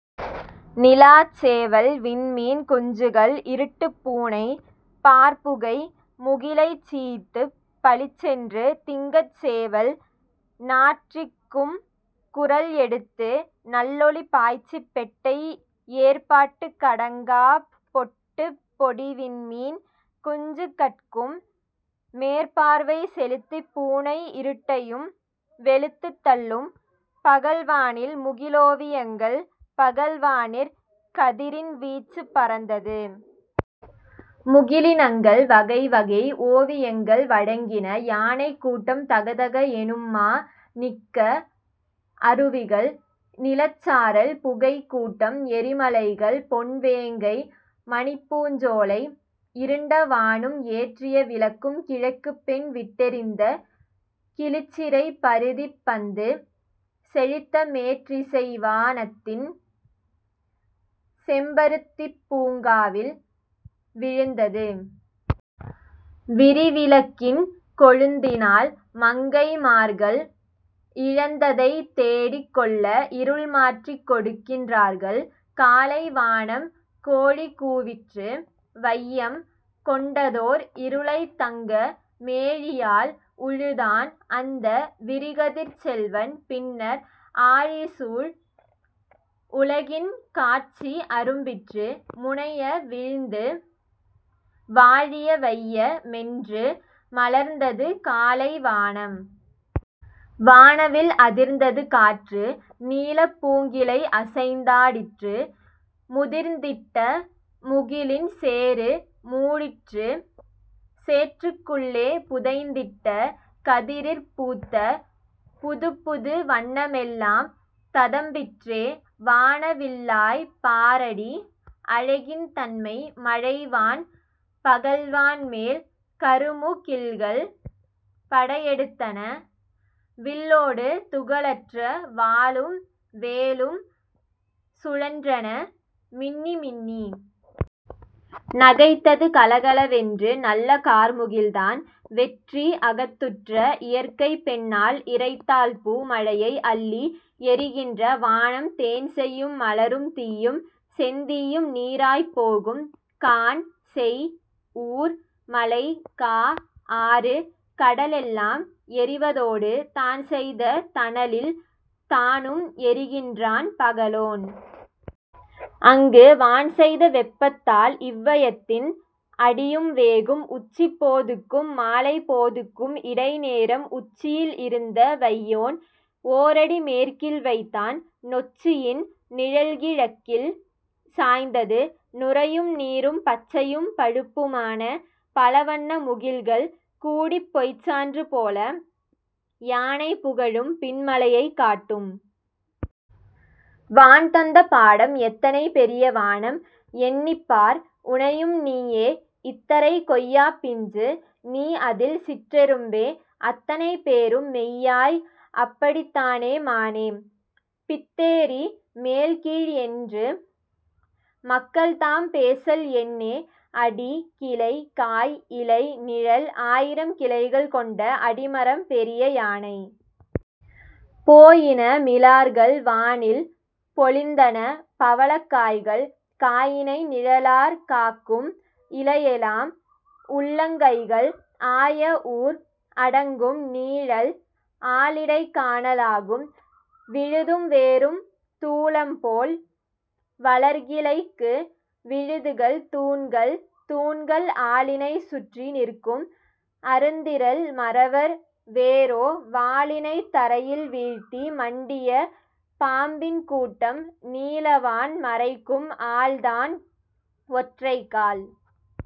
நிலாச்சேவல், விண்மீன் குஞ்சுகள், இருட்டுப்பூனை பாற்புகை முகிலைச் சீய்த்துப் பளிச்சென்று "திங்கட் சேவல்" நாற்றிக்கும் குரல் எடுத்து நல்லொளி பாய்ச்சிப் பெட்டை ஏற்பாட்டுக் கடங்காப் பொட்டுப் பொடிவிண்மீன் குஞ்சு கட்கும் மேற்பார்வை செலுத்திப் "பூனை இருட்டையும்" வெளுத்துத் தள்ளும். பகல் வானில் முகிலோவியங்கள் பகல்வானிற் கதிரின் வீச்சுப் பரந்தது! முகிலி னங்கள் வகைவகை ஓவி யங்கள் வழங்கின; யானைக் கூட்டம்! தகதக எனும்மா ணிக்க அருவிகள்! நீலச் சாரல்! புகைக்கூட்டம்! எரிம லைகள்! பொன் வேங்கை! மணிப்பூஞ்சோலை! இருண்ட வானும் ஏற்றிய விளக்கும் கிழக்குப்பெண் விட்டெ றிந்த கிளிச்சிறைப் பரிதிப் பந்து, செழித்தமேற் றிசைவா னத்தின் செம்பருத் திப்பூங் காவில் விழுந்தது! விரிவிளக்கின் கொழுந்தினால் மங்கை மார்கள் இழந்ததைத் தேடிக் கொள்ள இருள்மாற்றிக் கொடுக்கின் றார்கள்! காலை வானம் கோழிகூ விற்று! வையம், கொண்டதோர் இருளைத் தங்க மேழியால் உழுதான் அந்த விரிகதிர்ச் செல்வன்; பின்னர் ஆழிசூழ் உலகின் காட்சி அரும்பிற்று! முனைய விழ்ந்து வாழிய வைய மென்று மலர்ந்தது காலை வானம்! வானவில் அதிர்ந்தது காற்று! நீளப் பூங்கிளை அசைந்தா டிற்று! முதிர்ந்திட்ட முகிலின் சேறு மூடிற்றுச்! சேற்றுக் குள்ளே புதைந்திட்ட கதிரிற் பூத்த புதுப்புது வண்ண மெல்லாம் ததம்பிற்றே வான வில்லாய்ப்! பாரடி அழகின் தன்மை! மழை வான் பகல்வான்மேல் கருமு கில்கள் படையெடுத் தன! வில்லோடு துகளற்ற வாளும், வேலும் சுழன்றன மின்னி மின்னி! நகைத்தது கலகல வென்று நல்ல கார்முகில்தான்! வெற்றி அகத்துற்ற இயற்கைப் பெண்ணாள் இறைத்தாள்பூ மழையை அள்ளி! எரிகின்ற வானம் தேன்செய்யும் மலரும் தீயும்! செந்தீயும் நீறாய்ப் போகும்! கான், செய், ஊர், மலை, கா, ஆறு கடலெல்லாம் எரிவ தோடு தான்செய்த தணலில் தானும் எரிகின்றான் பகலோன்! அங்கு வான்செய்த வெப்பத் தால்இவ் வையத்தின் அடியும் வேகும்! உச்சிப் போதுக்கும் மாலப் போதுக்கும் இடை நேரம் உச்சியில் இருந்த வெய்யோன், ஓரடி மேற்கில் வைத்தான், நொச்சியின் நிழல்கி ழக்கில் சாய்ந்தது! நுரையும், நீரும், பச்சையும், பழுப்பு மான பலவண்ண முகில்கள் கூடிப் பொய்ச்சான்று போல, யானை புகழும்; பின் மலையைக் காட்டும். வான் தந்த பாடம் எத்தனை பெரிய வானம்! எண்ணிப்பார் உனையும் நீயே; இத்தரை, கொய்யாப் பிஞ்சு; நீஅதில் சிற்றெ றும்பே அத்தனை பேரும் மெய்யாய் அப்படித் தானே மானே? பித்தேறி மேல்கீழ் என்று மக்கள்தாம் பேசல் என்னே! அடி, கிளை, காய், இலை, நிழல் ஆயிரம் கிளைகள் கொண்ட அடிமரம் பெரிய யானை! போயின மிலார்கள் வானில்! பொலிந்தன பவளக் காய்கள்! காயினை நிழலாற் காக்கும் இலையெலாம், உள்ளங் கைகள்! ஆயஊர் அடங்கும் நீழல், ஆலிடைக் காண லாகும்! விழுதும் வேரும் தூலம்போல் வளர்கி ளைக்கு விழுதுகள் தூண்கள்! தூண்கள் ஆலினைச் சுற்றி நிற்கும் அருந்திறல் மறவர்! வேரோ வாலினைத் தரையில் வீழ்த்தி மண்டிய பாம்பின் கூட்டம்! நீலவான் மறைக்கும் ஆல்தான் ஒற்றைக்கால்